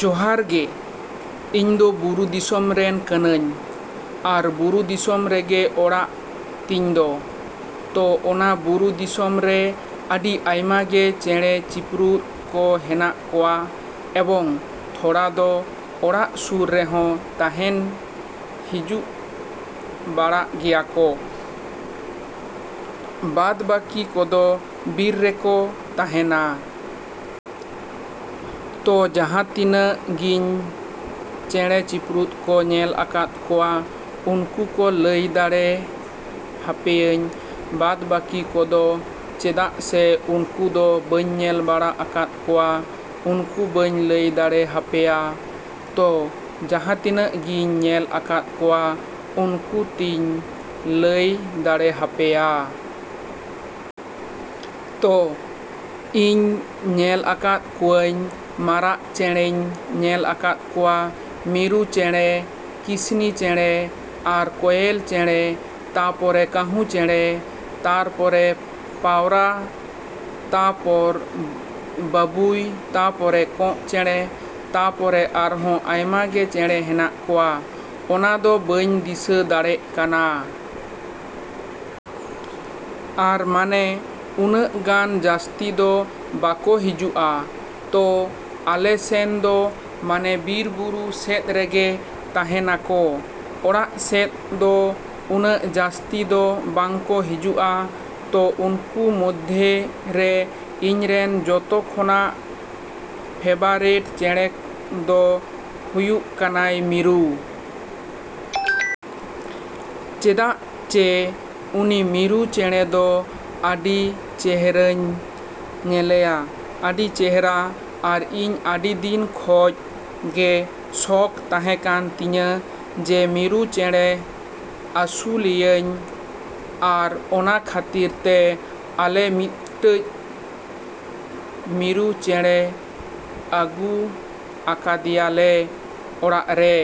ᱡᱚᱦᱟᱨ ᱜᱮ, ᱤᱧᱫᱚ ᱵᱩᱨᱩ ᱫᱤᱥᱚᱢ ᱨᱮᱱ ᱠᱟᱹᱱᱟᱹᱧ ᱟᱨ ᱵᱩᱨᱩ ᱫᱤᱥᱚᱢ ᱨᱮᱜᱮ ᱚᱲᱟᱜ ᱛᱤᱧ ᱫᱚ᱾ ᱛᱚ ᱚᱱᱟ ᱵᱩᱨᱩ ᱫᱤᱥᱚᱢ ᱨᱮ ᱟᱹᱰᱤ ᱟᱭᱢᱟ ᱜᱮ ᱪᱮᱸᱬᱮ ᱪᱤᱯᱨᱩᱫ ᱠᱚ ᱦᱮᱱᱟᱜ ᱠᱚᱣᱟ ᱮᱵᱚᱝ ᱛᱷᱚᱲᱟ ᱫᱚ ᱚᱲᱟᱜ ᱥᱩᱨ ᱨᱮᱦᱚᱸ ᱛᱟᱦᱮᱱ ᱦᱤᱡᱩᱜ ᱵᱟᱲᱟᱜ ᱜᱮᱭᱟ ᱠᱚ, ᱵᱟᱫ ᱵᱟᱠᱤ ᱠᱚᱫᱚ ᱵᱤᱨ ᱨᱮ ᱠᱚ ᱛᱟᱦᱮᱱᱟ ᱾ ᱛᱚ ᱡᱟᱦᱟᱸ ᱛᱤᱱᱟᱹᱜ ᱜᱤᱧ ᱪᱮᱸᱬᱮ ᱪᱤᱯᱨᱩᱫ ᱠᱚ ᱧᱮᱞ ᱟᱠᱟᱫ ᱠᱚᱣᱟ ᱩᱱᱠᱩ ᱠᱚ ᱞᱟᱹᱭ ᱫᱟᱲᱮ ᱦᱟᱯᱮᱭᱟᱹᱧ, ᱵᱟᱫ ᱵᱟᱠᱤ ᱠᱚᱫᱚ ᱪᱮᱫᱟᱜ ᱥᱮ ᱩᱱᱠᱩ ᱫᱚ ᱵᱟᱹᱧ ᱧᱮᱞ ᱵᱟᱲᱟ ᱟᱠᱟᱫ ᱠᱚᱣᱟ, ᱩᱱᱠᱩ ᱵᱟᱹᱧ ᱞᱟᱹᱭ ᱫᱟᱲᱮ ᱦᱟᱯᱮᱭᱟ᱾ ᱛᱚ ᱡᱟᱦᱟᱸ ᱛᱤᱱᱟᱹᱜ ᱜᱤᱧ ᱧᱮᱞ ᱟᱠᱟᱫ ᱠᱚᱣᱟ ᱩᱱᱠᱩ ᱛᱮᱧ ᱞᱟᱹᱭ ᱫᱟᱲᱮ ᱦᱟᱯᱮᱭᱟ᱾ ᱛᱚ ᱤᱧ ᱧᱮᱞ ᱟᱠᱟᱫ ᱠᱚᱣᱟᱹᱧ ᱢᱟᱨᱟᱜ ᱪᱮᱸᱬᱮᱧ ᱧᱮᱞ ᱟᱠᱟᱫ ᱠᱚᱣᱟ, ᱢᱤᱨᱩ ᱪᱮᱸᱬᱮ, ᱠᱤᱥᱱᱤ ᱪᱮᱸᱬᱮ ᱟᱨ ᱠᱚᱭᱮᱞ ᱪᱮᱸᱬᱮ, ᱛᱟᱯᱚᱨᱮ ᱠᱟᱹᱦᱩ ᱪᱮᱸᱬᱮ, ᱛᱟᱨᱯᱚᱨᱮ ᱯᱟᱣᱨᱟ, ᱛᱟᱯᱚᱨ ᱵᱟᱹᱵᱩᱭ, ᱛᱟᱯᱚᱨᱮ ᱠᱚᱸᱜ ᱪᱮᱸᱬᱮ, ᱛᱟᱨᱯᱚᱨᱮ ᱟᱨᱦᱚᱸ ᱟᱭᱢᱟ ᱜᱮ ᱪᱮᱸᱬᱮ ᱦᱮᱱᱟᱜ ᱠᱚᱣᱟ ᱚᱱᱟ ᱫᱚ ᱵᱟᱹᱧ ᱫᱤᱥᱟᱹ ᱫᱟᱲᱮᱜ ᱠᱟᱱᱟ᱾ ᱟᱨ ᱢᱟᱱᱮ ᱩᱱᱟᱹᱜ ᱜᱟᱱ ᱡᱟᱹᱥᱛᱤ ᱫᱚ ᱵᱟᱠᱚ ᱦᱤᱡᱩᱜᱼᱟ ᱛᱚ ᱟᱞᱮ ᱥᱮᱱ ᱫᱚ ᱢᱟᱱᱮ ᱵᱤᱨ ᱵᱩᱨᱩ ᱥᱮᱫ ᱨᱮᱜᱮ ᱛᱟᱦᱮᱱᱟ ᱠᱚ, ᱚᱲᱟᱜ ᱥᱮᱫ ᱫᱚ ᱩᱱᱟᱹᱜ ᱡᱟᱹᱥᱛᱤ ᱫᱚ ᱵᱟᱝ ᱠᱚ ᱦᱤᱡᱩᱜᱼᱟ᱾ ᱛᱚ ᱩᱱᱠᱩ ᱢᱚᱫᱷᱮ ᱨᱮ ᱤᱧ ᱨᱮᱱ ᱡᱚᱛᱚ ᱠᱷᱚᱱᱟᱜ ᱯᱷᱮᱵᱟᱨᱮᱴ ᱪᱮᱬᱮ ᱫᱚ ᱦᱩᱭᱩᱜ ᱠᱟᱱᱟᱭ ᱢᱤᱨᱩ᱾ ᱪᱮᱫᱟᱜ ᱪᱮ ᱩᱱᱤ ᱢᱤᱨᱩ ᱪᱮᱬᱮ ᱫᱚ ᱟᱹᱰᱤ ᱪᱮᱦᱨᱟᱹᱧ ᱧᱮᱞᱮᱭᱟ, ᱟᱹᱰᱤ ᱪᱮᱦᱨᱟ᱾ ᱟᱨ ᱤᱧ ᱟᱹᱰᱤ ᱫᱤᱱ ᱠᱷᱚᱡ ᱜᱮ ᱥᱚᱠᱷ ᱛᱟᱦᱮᱸ ᱠᱟᱱ ᱛᱤᱧᱟ ᱡᱮ ᱢᱤᱨᱩ ᱪᱮᱸᱬᱮ ᱟᱹᱥᱩᱞᱮᱭᱟᱹᱧ ᱟᱨ ᱚᱱᱟ ᱠᱷᱟᱹᱛᱤᱨ ᱛᱮ ᱟᱞᱮ ᱢᱤᱫᱴᱟᱹᱡ ᱢᱤᱨᱩ ᱪᱮᱸᱬᱮ ᱟᱹᱜᱩ ᱟᱠᱟᱫᱮᱭᱟ ᱞᱮ ᱚᱲᱟᱜ ᱨᱮ᱾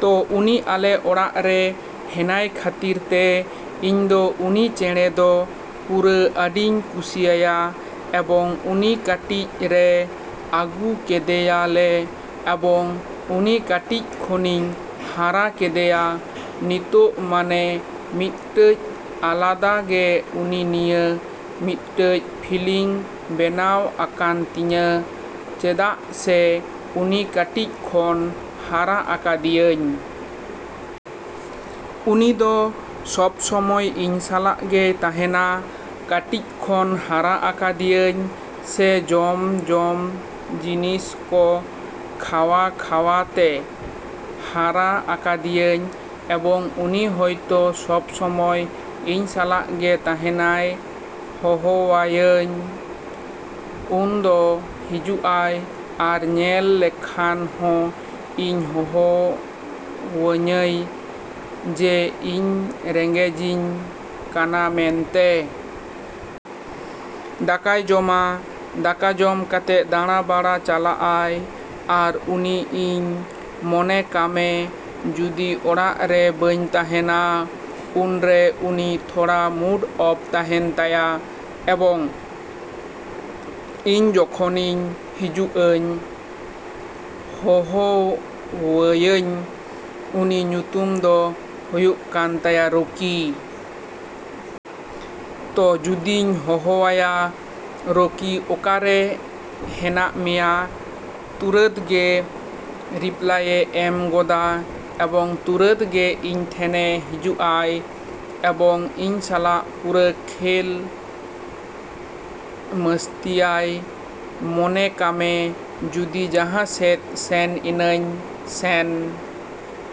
ᱛᱚ ᱩᱱᱤ ᱟᱞᱮ ᱚᱲᱟᱜ ᱨᱮ ᱦᱮᱱᱟᱭ ᱠᱷᱟᱹᱛᱤᱨ ᱛᱮ ᱤᱧ ᱫᱚ ᱩᱱᱤ ᱪᱮᱸᱬᱮ ᱫᱚ ᱯᱩᱨᱟᱹ ᱟᱹᱰᱤᱧ ᱠᱩᱥᱤᱭᱟᱭᱟ᱾ ᱮᱵᱚᱝ ᱩᱱᱤ ᱠᱟᱹᱴᱤᱡ ᱨᱮ ᱟᱹᱜᱩ ᱠᱮᱫᱮᱭᱟ ᱞᱮ ᱮᱵᱚᱝ ᱩᱱᱤ ᱠᱟᱹᱴᱤᱡ ᱠᱷᱚᱱᱤᱧ ᱦᱟᱨᱟ ᱠᱮᱫᱮᱭᱟ᱾ ᱱᱚᱛᱚᱜ ᱢᱟᱱᱮ ᱢᱤᱫᱴᱟᱹᱡ ᱟᱞᱟᱫᱟ ᱜᱮ ᱩᱱᱤ ᱱᱤᱭᱟᱹ ᱢᱤᱫᱴᱟᱹᱡ ᱯᱷᱤᱞᱤᱝ ᱵᱮᱱᱟᱣ ᱟᱠᱟᱱ ᱛᱤᱧᱟ ᱪᱮᱫᱟᱜ ᱥᱮ ᱩᱱᱤ ᱠᱟᱹᱴᱤᱡ ᱠᱷᱚᱱ ᱦᱟᱨᱟ ᱟᱠᱟᱫᱮᱭᱟᱹᱧ᱾ ᱩᱱᱤ ᱫᱚ ᱥᱚᱵ ᱥᱚᱢᱚᱭ ᱤᱧ ᱥᱟᱞᱟᱜ ᱜᱮᱭ ᱛᱟᱦᱮᱱᱟ᱾ ᱠᱟᱹᱴᱤᱡ ᱠᱷᱚᱱ ᱦᱟᱨᱟ ᱟᱠᱟᱫᱮᱭᱟᱹᱧ ᱥᱮ ᱡᱚᱢ ᱡᱚᱢ ᱡᱤᱱᱤᱥ ᱠᱚ ᱠᱷᱟᱣᱟ ᱠᱷᱟᱣᱟ ᱛᱮ ᱦᱟᱨᱟ ᱟᱠᱟᱫᱮᱭᱟᱹᱧ ᱮᱵᱚᱝ ᱩᱱᱤ ᱦᱚᱭᱛᱚ ᱥᱚᱵ ᱥᱚᱢᱚᱭ ᱤᱧ ᱥᱟᱞᱟᱜ ᱜᱮ ᱛᱟᱦᱮᱱᱟᱭ᱾ ᱦᱚᱦᱚᱣᱟᱣᱟᱹᱧ ᱩᱱ ᱫᱚ ᱦᱤᱡᱩᱜᱼᱟᱭ ᱟᱨ ᱧᱮᱞ ᱞᱮᱠᱷᱟᱱ ᱦᱚᱸ ᱤᱧ ᱦᱚᱦᱚᱣᱟᱹᱧᱟᱭ ᱡᱮ ᱤᱧ ᱨᱮᱸᱜᱮᱡᱽᱤᱧ ᱠᱟᱱᱟ ᱢᱮᱱᱛᱮ᱾ ᱫᱟᱠᱟᱭ ᱡᱚᱢᱟ, ᱫᱟᱠᱟ ᱡᱚᱢ ᱠᱟᱛᱮ ᱫᱟᱬᱟ ᱵᱟᱲᱟ ᱪᱟᱞᱟᱜᱼᱟᱭ᱾ ᱟᱨ ᱩᱱᱤ ᱤᱧ ᱢᱚᱱᱮ ᱠᱟᱢᱮ ᱡᱩᱫᱤ ᱚᱲᱟᱜ ᱨᱮ ᱵᱟᱹᱧ ᱛᱟᱦᱮᱱᱟ ᱩᱱ ᱨᱮ ᱩᱱᱤ ᱛᱷᱚᱲᱟ ᱢᱩᱰ ᱚᱯᱷ ᱛᱟᱦᱮᱱ ᱛᱟᱭᱟ ᱮᱵᱚᱝ ᱤᱧ ᱡᱚᱠᱷᱚᱱᱤᱧ ᱦᱤᱡᱩᱜᱼᱟᱹᱧ ᱦᱚᱦᱚᱣᱟᱭᱟᱹᱧ᱾ ᱩᱱᱤ ᱧᱩᱛᱩᱢ ᱫᱚ ᱦᱩᱭᱩᱜ ᱠᱟᱱ ᱛᱟᱭᱟ ᱨᱚᱠᱤ᱾ ᱛᱚ ᱡᱩᱫᱤᱧ ᱦᱚᱦᱚᱣᱟᱭᱟ ᱨᱚᱠᱤ ᱚᱠᱟ ᱨᱮ ᱦᱮᱱᱟᱜ ᱢᱮᱭᱟ ᱛᱩᱨᱟᱹᱛ ᱜᱮ ᱨᱤᱯᱞᱟᱭᱮ ᱮᱢ ᱜᱚᱫᱟ ᱮᱵᱚᱝ ᱛᱩᱨᱟᱹᱛ ᱜᱮ ᱤᱧ ᱴᱷᱮᱱᱮ ᱦᱤᱡᱩᱜᱼᱟᱭ ᱮᱵᱚᱝ ᱤᱧ ᱥᱟᱞᱟᱜ ᱯᱩᱨᱟᱹ ᱠᱷᱮᱞ ᱢᱟᱹᱥᱛᱤᱭᱟᱭ᱾ ᱢᱚᱱᱮ ᱠᱟᱢᱮ ᱡᱩᱫᱤ ᱡᱟᱦᱟᱸ ᱥᱮᱫ ᱥᱮᱱ ᱮᱱᱟᱹᱧ, ᱥᱮᱱ